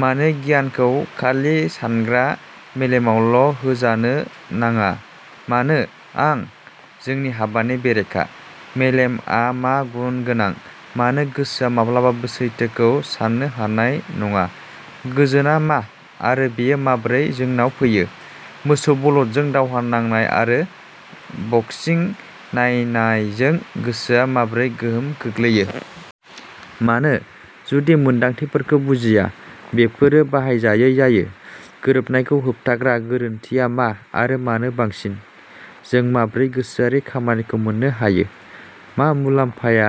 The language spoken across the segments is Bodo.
मानो गियानखौ खालि सानग्रा मेलेमावल'होजानो नाङा? मानो? आं? जोंनि हाबानि बेरेखा? मेलेमआ मा गुन गोनां? मानो गोसोआ माब्लाबाबो सैथोखौ साननो हानाय नङा? गोजोनआ मा आरो बेयो माबोरै जोंनाव फैयो? मोसौ बलदजों दावहा नांनाय आरो बक्सिं नायनायजों गोसोआ माबोरै गोहोम गोग्लैयो? मानो, जुदि मोन्दांथिफोरखौ बुजिया, बेफोरो बाहायजायै जायो? गोरोबनायखौ होबथाग्रा गोरोन्थिआ मा आरो मानो बांसिन? जों माबोरै गोसोआरि खामानिखौ मोन्नो हायो? मा मुलाम्फाया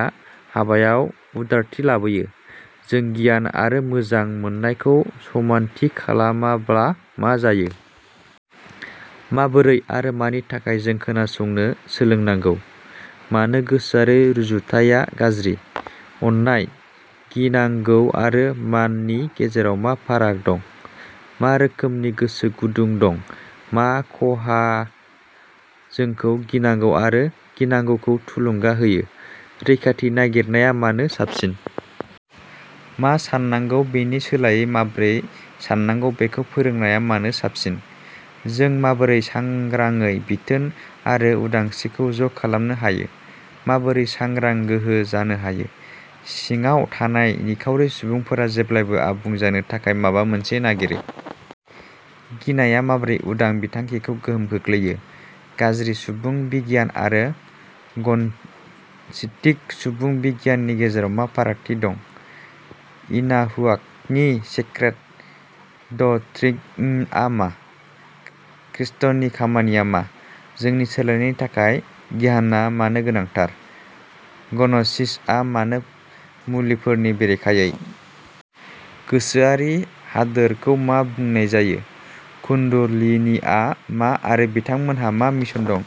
हाबायाव उदारथि लाबोयो? जों गियान आरो मोजां मोननायखौ समानथि खालामाब्ला मा जायो? माबोरै आरो मानि थाखाय जों खोनासंनो सोलोंनांगौ? मानो गोसोआरि रुजुथाया गाज्रि? अननाय, गिनांगौ आरो माननि गेजेराव मा फाराग दं? मा रोखोमनि गोसो गुदुं दं? मा खहाआ जोंखौ गिनांगौ आरो गिनांगौखौ थुलुंगा होयो? रैखाथि नागिरनाया मानो साबसिन? मा साननांगौ बेनि सोलायै माबोरै साननांगौ बेखौ फोरोंनाया मानो साबसिन? जों माबोरै सांग्रांयै बिथोन आरो उदांस्रिखौ ज'खालामनो हायो? माबोरै सांग्रां गोहो जानो हायो? सिङाव थानाय निखावरि सुबुंफोरा जेब्लाबो आबुं जानो थाखाय माबा मोनसे नागिरो। गिनाया माबोरै उदां बिथांखिखौ गोहोम खोख्लैयो? गाज्रि सुबुं बिगियान आरो ग'नस्टिक सुबुं बिगियाननि गेजेराव मा फारागथि दं? एनाहुआकनि सिक्रेट डक्ट्रिनआ मा? खृष्टनि खामानिया मा? जोंनि सोलायनायनि थाखाय ध्यानआ मानो गोनांथार? ग'न'सिसआ मानो मुलिफोरनि बेरेखायै? गोसोआरि हादोरखौ मा बुंनाय जायो? कुण्डलिनीआ मा आरो बिथांहा मा मिशन दं?